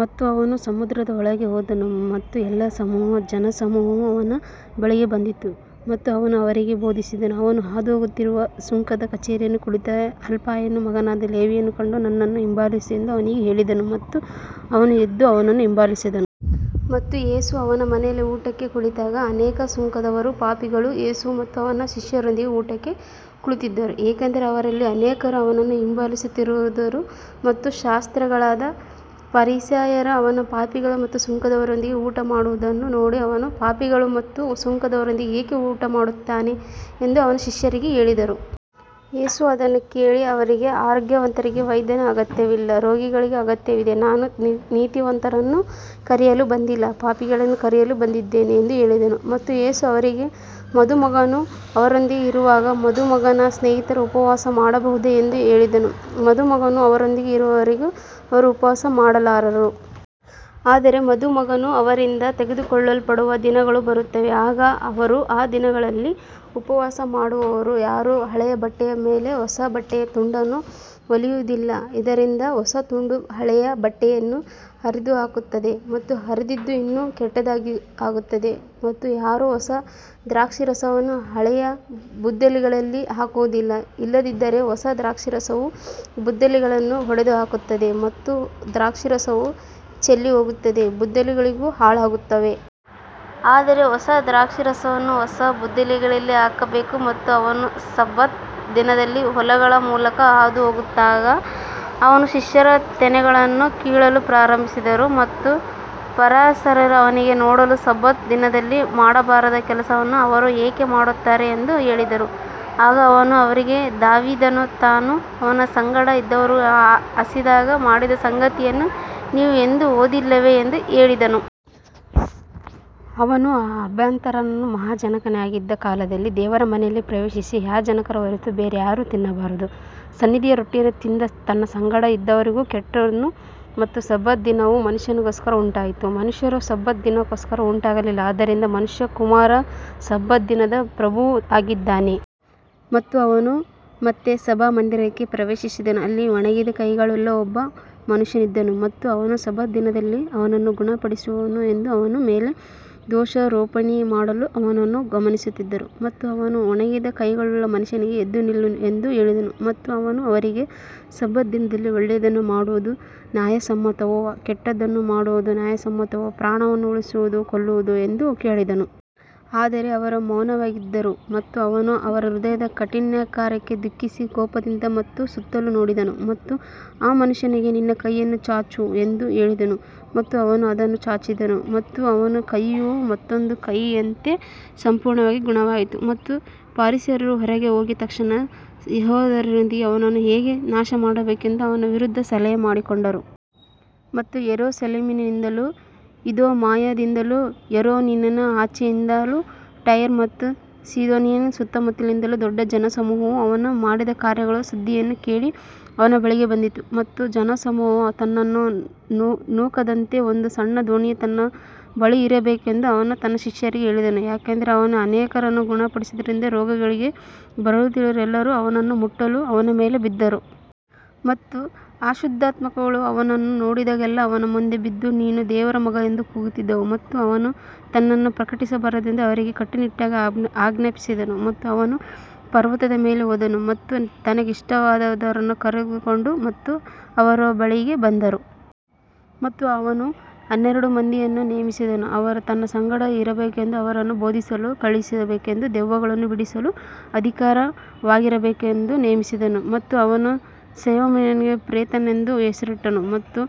ಮತ್ತು ಅವನು ಮತ್ತೆ ಸಮುದ್ರದ ಬಳಿಗೆ ಹೋದನು, ಮತ್ತು ಎಲ್ಲಾ ಜನಸಮೂಹವು ಅವನ ಬಳಿಗೆ ಬಂದಿತು, ಮತ್ತು ಅವನು ಅವರಿಗೆ ಬೋಧಿಸಿದನು. ಅವನು ಹಾದುಹೋಗುತ್ತಿರುವಾಗ ಸುಂಕದ ಕಚೇರಿಯಲ್ಲಿ ಕುಳಿತಿದ್ದ ಅಲ್ಫಾಯನ ಮಗನಾದ ಲೇವಿಯನ್ನು ಕಂಡು, ನನ್ನನ್ನು ಹಿಂಬಾಲಿಸು ಎಂದು ಅವನಿಗೆ ಹೇಳಿದನು. ಮತ್ತು ಅವನು ಎದ್ದು ಅವನನ್ನು ಹಿಂಬಾಲಿಸಿದನು. ಮತ್ತು ಯೇಸು ಅವನ ಮನೆಯಲ್ಲಿ ಊಟಕ್ಕೆ ಕುಳಿತಾಗ, ಅನೇಕ ಸುಂಕದವರೂ ಪಾಪಿಗಳೂ ಯೇಸು ಮತ್ತು ಅವನ ಶಿಷ್ಯರೊಂದಿಗೆ ಊಟಕ್ಕೆ ಕುಳಿತಿದ್ದರು, ಏಕೆಂದರೆ ಅವರಲ್ಲಿ ಅನೇಕರು ಅವನನ್ನು ಹಿಂಬಾಲಿಸುತ್ತಿದ್ದರು. ಮತ್ತು ಶಾಸ್ತ್ರಿಗಳಾದ ಫರಿಸಾಯರು ಅವನು ಪಾಪಿಗಳ ಮತ್ತು ಸುಂಕದವರೊಂದಿಗೆ ಊಟಮಾಡುವುದನ್ನು ನೋಡಿ, ಅವನು ಪಾಪಿಗಳ ಮತ್ತು ಸುಂಕದವರೊಂದಿಗೆ ಏಕೆ ಊಟಮಾಡುತ್ತಾನೆ ಎಂದು ಅವನ ಶಿಷ್ಯರಿಗೆ ಹೇಳಿದರು. ಯೇಸು ಅದನ್ನು ಕೇಳಿ ಅವರಿಗೆ, ಆರೋಗ್ಯವಂತರಿಗೆ ವೈದ್ಯನ ಅಗತ್ಯವಿಲ್ಲ, ರೋಗಿಗಳಿಗೆ ಅಗತ್ಯವಿದೆ, ನಾನು ನೀತಿವಂತರನ್ನು ಕರೆಯಲು ಬಂದಿಲ್ಲ, ಪಾಪಿಗಳನ್ನು ಕರೆಯಲು ಬಂದಿದ್ದೇನೆ ಎಂದು ಹೇಳಿದನು. ಮತ್ತು ಯೇಸು ಅವರಿಗೆ, ಮದುಮಗನು ಅವರೊಂದಿಗೆ ಇರುವಾಗ ಮದುಮಗನ ಸ್ನೇಹಿತರು ಉಪವಾಸ ಮಾಡಬಹುದೇ ಎಂದು ಹೇಳಿದನು. ಮದುಮಗನು ಅವರೊಂದಿಗೆ ಇರುವವರೆಗೆ ಅವರು ಉಪವಾಸ ಮಾಡಲಾರರು. ಆದರೆ ಮದುಮಗನು ಅವರಿಂದ ತೆಗೆದುಕೊಳ್ಳಲ್ಪಡುವ ದಿನಗಳು ಬರುತ್ತವೆ, ಆಗ ಅವರು ಆ ದಿನಗಳಲ್ಲಿ ಉಪವಾಸ ಮಾಡುವರು. ಯಾರೂ ಹಳೆಯ ಬಟ್ಟೆಯ ಮೇಲೆ ಹೊಸ ಬಟ್ಟೆಯ ತುಂಡನ್ನು ಹೊಲಿಯುವುದಿಲ್ಲ, ಇಲ್ಲದಿದ್ದರೆ ಹೊಸ ತುಂಡು ಹಳೆಯ ಬಟ್ಟೆಯನ್ನು ಹರಿದುಹಾಕುತ್ತದೆ ಮತ್ತು ಹರಿದದ್ದು ಇನ್ನೂ ಕೆಟ್ಟದಾಗುತ್ತದೆ. ಮತ್ತು ಯಾರೂ ಹೊಸ ದ್ರಾಕ್ಷಾರಸವನ್ನು ಹಳೆಯ ಬುದ್ದಲಿಗಳಲ್ಲಿ ಹಾಕುವುದಿಲ್ಲ, ಇಲ್ಲದಿದ್ದರೆ ಹೊಸ ದ್ರಾಕ್ಷಾರಸವು ಬುದ್ದಲಿಗಳನ್ನು ಒಡೆದುಹಾಕುತ್ತದೆ, ಮತ್ತು ದ್ರಾಕ್ಷಾರಸವೂ ಚೆಲ್ಲಿಹೋಗುತ್ತದೆ, ಬುದ್ದಲಿಗಳೂ ಹಾಳಾಗುತ್ತವೆ. ಆದರೆ ಹೊಸ ದ್ರಾಕ್ಷಾರಸವನ್ನು ಹೊಸ ಬುದ್ದಲಿಗಳಲ್ಲಿ ಹಾಕಬೇಕು. ಮತ್ತು ಅವನು ಸಬ್ಬತ್ ದಿನದಲ್ಲಿ ಹೊಲಗಳ ಮೂಲಕ ಹಾದುಹೋಗುತ್ತಿದ್ದಾಗ, ಅವನ ಶಿಷ್ಯರು ತೆನೆಗಳನ್ನು ಕೀಳಲು ಪ್ರಾರಂಭಿಸಿದರು. ಮತ್ತು ಫರಿಸಾಯರು ಅವನಿಗೆ, ನೋಡು, ಸಬ್ಬತ್ ದಿನದಲ್ಲಿ ಮಾಡಬಾರದ ಕೆಲಸವನ್ನು ಅವರು ಏಕೆ ಮಾಡುತ್ತಿದ್ದಾರೆ ಎಂದು ಹೇಳಿದರು. ಆಗ ಅವನು ಅವರಿಗೆ, ದಾವೀದನು ತಾನೂ ಅವನ ಸಂಗಡ ಇದ್ದವರೂ ಹಸಿದಾಗ ಮಾಡಿದ ಸಂಗತಿಯನ್ನು ನೀವು ಎಂದೂ ಓದಿಲ್ಲವೇ ಎಂದು ಹೇಳಿದನು. ಅವನು ಅಬ್ಯಾಥರನು ಮಹಾಯಾಜಕನಾಗಿದ್ದ ಕಾಲದಲ್ಲಿ ದೇವರ ಮನೆಯಲ್ಲಿ ಪ್ರವೇಶಿಸಿ, ಯಾಜಕರ ಹೊರತು ಬೇರೆ ಯಾರೂ ತಿನ್ನಬಾರದ ಸನ್ನಿಧಿಯ ರೊಟ್ಟಿಯನ್ನು ತಿಂದು, ತನ್ನ ಸಂಗಡ ಇದ್ದವರಿಗೂ ಕೊಟ್ಟನು. ಮತ್ತು ಸಬ್ಬತ್ ದಿನವು ಮನುಷ್ಯನಿಗೋಸ್ಕರ ಉಂಟಾಯಿತು, ಮನುಷ್ಯನು ಸಬ್ಬತ್ ದಿನಕ್ಕೋಸ್ಕರ ಉಂಟಾಗಲಿಲ್ಲ. ಆದ್ದರಿಂದ ಮನುಷ್ಯಕುಮಾರನು ಸಬ್ಬತ್ ದಿನದ ಪ್ರಭುವೂ ಆಗಿದ್ದಾನೆ. ಮತ್ತು ಅವನು ಮತ್ತೆ ಸಭಾಮಂದಿರಕ್ಕೆ ಪ್ರವೇಶಿಸಿದನು. ಅಲ್ಲಿ ಒಣಗಿದ ಕೈಯುಳ್ಳ ಒಬ್ಬ ಮನುಷ್ಯನಿದ್ದನು. ಮತ್ತು ಅವರು ಸಬ್ಬತ್ ದಿನದಲ್ಲಿ ಅವನನ್ನು ಗುಣಪಡಿಸುವನೋ ಎಂದು ಅವನ ಮೇಲೆ ದೋಷಾರೋಪಣೆ ಮಾಡಲು ಅವನನ್ನು ಗಮನಿಸುತ್ತಿದ್ದರು. ಮತ್ತು ಅವನು ಒಣಗಿದ ಕೈಯುಳ್ಳ ಮನುಷ್ಯನಿಗೆ, ಎದ್ದು ನಿಲ್ಲು ಎಂದು ಹೇಳಿದನು. ಮತ್ತು ಅವನು ಅವರಿಗೆ, ಸಬ್ಬತ್ ದಿನದಲ್ಲಿ ಒಳ್ಳೆಯದನ್ನು ಮಾಡುವುದು ನ್ಯಾಯಸಮ್ಮತವೋ, ಕೆಟ್ಟದ್ದನ್ನು ಮಾಡುವುದು ನ್ಯಾಯಸಮ್ಮತವೋ, ಪ್ರಾಣವನ್ನು ಉಳಿಸುವುದೋ, ಕೊಲ್ಲುವುದೋ ಎಂದು ಕೇಳಿದನು. ಆದರೆ ಅವರು ಮೌನವಾಗಿದ್ದರು. ಮತ್ತು ಅವನು ಅವರ ಹೃದಯದ ಕಾಠಿಣ್ಯಕ್ಕಾಗಿ ದುಃಖಿಸಿ, ಕೋಪದಿಂದ ಅವರ ಸುತ್ತಲೂ ನೋಡಿದನು ಮತ್ತು ಆ ಮನುಷ್ಯನಿಗೆ, ನಿನ್ನ ಕೈಯನ್ನು ಚಾಚು ಎಂದು ಹೇಳಿದನು. ಮತ್ತು ಅವನು ಅದನ್ನು ಚಾಚಿದನು, ಮತ್ತು ಅವನ ಕೈಯು ಮತ್ತೊಂದು ಕೈಯಂತೆ ಸಂಪೂರ್ಣವಾಗಿ ಗುಣವಾಯಿತು. ಮತ್ತು ಫರಿಸಾಯರು ಹೊರಗೆ ಹೋಗಿ, ತಕ್ಷಣವೇ ಹೆರೋದ್ಯರೊಂದಿಗೆ ಅವನನ್ನು ಹೇಗೆ ನಾಶಮಾಡಬೇಕೆಂದು ಅವನ ವಿರುದ್ಧ ಸಲಹೆ ಮಾಡಿಕೊಂಡರು. ಮತ್ತು ಯೆರೂಸಲೇಮಿನಿಂದಲೂ, ಇದೂಮಾಯದಿಂದಲೂ, ಯೊರ್ದಾನಿನ ಆಚೆಯಿಂದಲೂ, ಟೈರ್ ಮತ್ತು ಸೀದೋನಿನ ಸುತ್ತಮುತ್ತಲಿನಿಂದಲೂ ದೊಡ್ಡ ಜನಸಮೂಹವು ಅವನು ಮಾಡಿದ ಕಾರ್ಯಗಳ ಸುದ್ದಿಯನ್ನು ಕೇಳಿ ಅವನ ಬಳಿಗೆ ಬಂದಿತು. ಮತ್ತು ಜನಸಮೂಹವು ತನ್ನನ್ನು ನೂಕದಂತೆ ಒಂದು ಸಣ್ಣ ದೋಣಿ ತನ್ನ ಬಳಿಯಿರಬೇಕೆಂದು ಅವನು ತನ್ನ ಶಿಷ್ಯರಿಗೆ ಹೇಳಿದನು. ಯಾಕಂದರೆ ಅವನು ಅನೇಕರನ್ನು ಗುಣಪಡಿಸಿದ್ದರಿಂದ, ರೋಗಗಳಿಂದ ಬಳಲುತ್ತಿದ್ದವರೆಲ್ಲರೂ ಅವನನ್ನು ಮುಟ್ಟಲು ಅವನ ಮೇಲೆ ಬಿದ್ದರು. ಮತ್ತು ಅಶುದ್ಧಾತ್ಮಗಳು ಅವನನ್ನು ನೋಡಿದಾಗಲೆಲ್ಲಾ ಅವನ ಮುಂದೆ ಬಿದ್ದು, ನೀನು ದೇವರ ಮಗನು ಎಂದು ಕೂಗುತ್ತಿದ್ದವು. ಮತ್ತು ಅವನು ತನ್ನನ್ನು ಪ್ರಕಟಿಸಬಾರದೆಂದು ಅವರಿಗೆ ಕಟ್ಟುನಿಟ್ಟಾಗಿ ಆಜ್ಞಾಪಿಸಿದನು. ಮತ್ತು ಅವನು ಪರ್ವತದ ಮೇಲೆ ಹೋದನು ಮತ್ತು ತನಗೆ ಇಷ್ಟವಾದವರನ್ನು ಕರೆದುಕೊಂಡನು, ಮತ್ತು ಅವರು ಅವನ ಬಳಿಗೆ ಬಂದರು. ಮತ್ತು ಅವನು ಹನ್ನೆರಡು ಮಂದಿಯನ್ನು ನೇಮಿಸಿದನು, ಅವರು ತನ್ನ ಸಂಗಡ ಇರಬೇಕೆಂದೂ ಅವರನ್ನು ಬೋಧಿಸಲು ಕಳುಹಿಸಬೇಕೆಂದೂ, ದೆವ್ವಗಳನ್ನು ಬಿಡಿಸುವ ಅಧಿಕಾರ ಅವರಿಗಿರಬೇಕೆಂದೂ ನೇಮಿಸಿದನು. ಮತ್ತು ಅವನು ಸೈಮೋನನಿಗೆ ಪೇತ್ರನೆಂದು ಹೆಸರಿಟ್ಟನು. ಮತ್ತು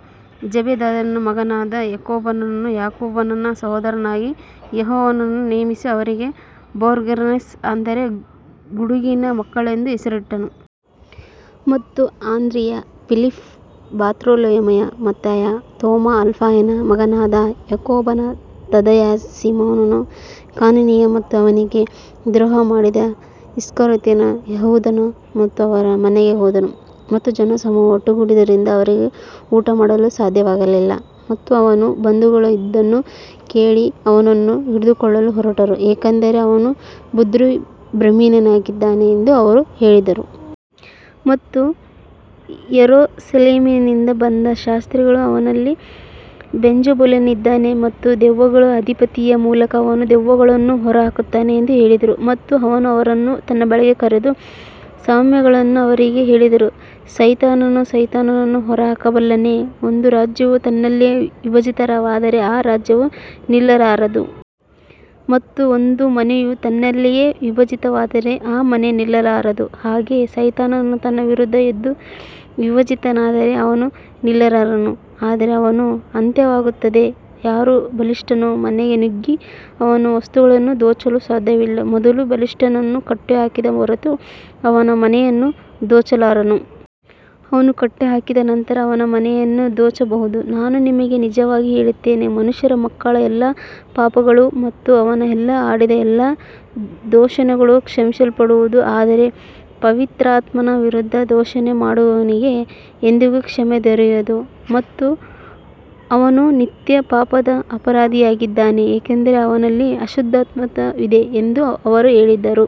ಜೆಬೆದಾಯನ ಮಗನಾದ ಯಾಕೋಬನನ್ನೂ, ಯಾಕೋಬನ ಸಹೋದರನಾದ ಯೋಹಾನನನ್ನೂ ನೇಮಿಸಿ, ಅವರಿಗೆ ಬೋವನೆರ್ಗೆಸ್, ಅಂದರೆ ಗುಡುಗಿನ ಮಕ್ಕಳು ಎಂದು ಹೆಸರಿಟ್ಟನು. ಮತ್ತು ಆಂದ್ರೆಯ, ಫಿಲಿಪ್ಪ, ಬಾರ್ತಲೋಮಾಯ, ಮತ್ತಾಯ, ತೋಮ, ಅಲ್ಫಾಯನ ಮಗನಾದ ಯಾಕೋಬ, ತದ್ದಾಯ, ಸೀಮೋನ ಕನಾನೀಯ, ಮತ್ತು ಅವನಿಗೆ ದ್ರೋಹ ಮಾಡಿದ ಇಸ್ಕರಿಯೋತ ಯೂದನು. ಮತ್ತು ಅವರು ಮನೆಗೆ ಹೋದರು. ಮತ್ತೆ ಜನಸಮೂಹವು ಒಟ್ಟುಗೂಡಿದ್ದರಿಂದ ಅವರಿಗೆ ಊಟಮಾಡಲೂ ಸಾಧ್ಯವಾಗಲಿಲ್ಲ. ಮತ್ತು ಅವನ ಬಂಧುಗಳು ಇದನ್ನು ಕೇಳಿ, ಅವನನ್ನು ಹಿಡಿದುಕೊಳ್ಳಲು ಹೊರಟರು, ಏಕೆಂದರೆ ಅವನು ಬುದ್ಧಿಭ್ರಮಿತನಾಗಿದ್ದಾನೆ ಎಂದು ಅವರು ಹೇಳಿದರು. ಮತ್ತು ಯೆರೂಸಲೇಮಿನಿಂದ ಬಂದ ಶಾಸ್ತ್ರಿಗಳು, ಅವನಲ್ಲಿ ಬೆಲ್ಜೆಬೂಲನಿದ್ದಾನೆ ಮತ್ತು ದೆವ್ವಗಳ ಅಧಿಪತಿಯ ಮೂಲಕ ಅವನು ದೆವ್ವಗಳನ್ನು ಹೊರಹಾಕುತ್ತಾನೆ ಎಂದು ಹೇಳಿದರು. ಮತ್ತು ಅವನು ಅವರನ್ನು ತನ್ನ ಬಳಿಗೆ ಕರೆದು ಸಾಮ್ಯಗಳಲ್ಲಿ ಅವರಿಗೆ ಹೇಳಿದನು, ಸೈತಾನನು ಸೈತಾನನನ್ನು ಹೊರಹಾಕಬಲ್ಲನೆ? ಒಂದು ರಾಜ್ಯವು ತನ್ನಲ್ಲಿಯೇ ವಿಭಜಿತವಾದರೆ ಆ ರಾಜ್ಯವು ನಿಲ್ಲಲಾರದು. ಮತ್ತು ಒಂದು ಮನೆಯು ತನ್ನಲ್ಲಿಯೇ ವಿಭಜಿತವಾದರೆ ಆ ಮನೆ ನಿಲ್ಲಲಾರದು. ಹಾಗೆಯೇ ಸೈತಾನನು ತನ್ನ ವಿರುದ್ಧ ಎದ್ದು ವಿಭಜಿತನಾದರೆ ಅವನು ನಿಲ್ಲಲಾರನು, ಆದರೆ ಅವನ ಅಂತ್ಯವಾಗುತ್ತದೆ. ಯಾರೂ ಬಲಿಷ್ಠನ ಮನೆಗೆ ನುಗ್ಗಿ ಅವನ ವಸ್ತುಗಳನ್ನು ದೋಚಲು ಸಾಧ್ಯವಿಲ್ಲ, ಮೊದಲು ಬಲಿಷ್ಠನನ್ನು ಕಟ್ಟಿಹಾಕಿದ ಹೊರತು ಅವನ ಮನೆಯನ್ನು ದೋಚಲಾರನು. ಅವನು ಕಟ್ಟಿಹಾಕಿದ ನಂತರ ಅವನ ಮನೆಯನ್ನು ದೋಚಬಹುದು. ನಾನು ನಿಮಗೆ ನಿಜವಾಗಿ ಹೇಳುತ್ತೇನೆ, ಮನುಷ್ಯರ ಮಕ್ಕಳ ಎಲ್ಲಾ ಪಾಪಗಳೂ ಮತ್ತು ಅವರು ಆಡಿದ ಎಲ್ಲಾ ದೂಷಣೆಗಳೂ ಕ್ಷಮಿಸಲ್ಪಡುವವು. ಆದರೆ ಪವಿತ್ರಾತ್ಮನ ವಿರುದ್ಧ ದೂಷಣೆ ಮಾಡುವವನಿಗೆ ಎಂದಿಗೂ ಕ್ಷಮೆ ದೊರೆಯದು, ಅವನು ನಿತ್ಯ ಪಾಪದ ಅಪರಾಧಿಯಾಗಿದ್ದಾನೆ. ಏಕೆಂದರೆ ಅವನಲ್ಲಿ ಅಶುದ್ಧಾತ್ಮವಿದೆ ಎಂದು ಅವರು ಹೇಳಿದರು.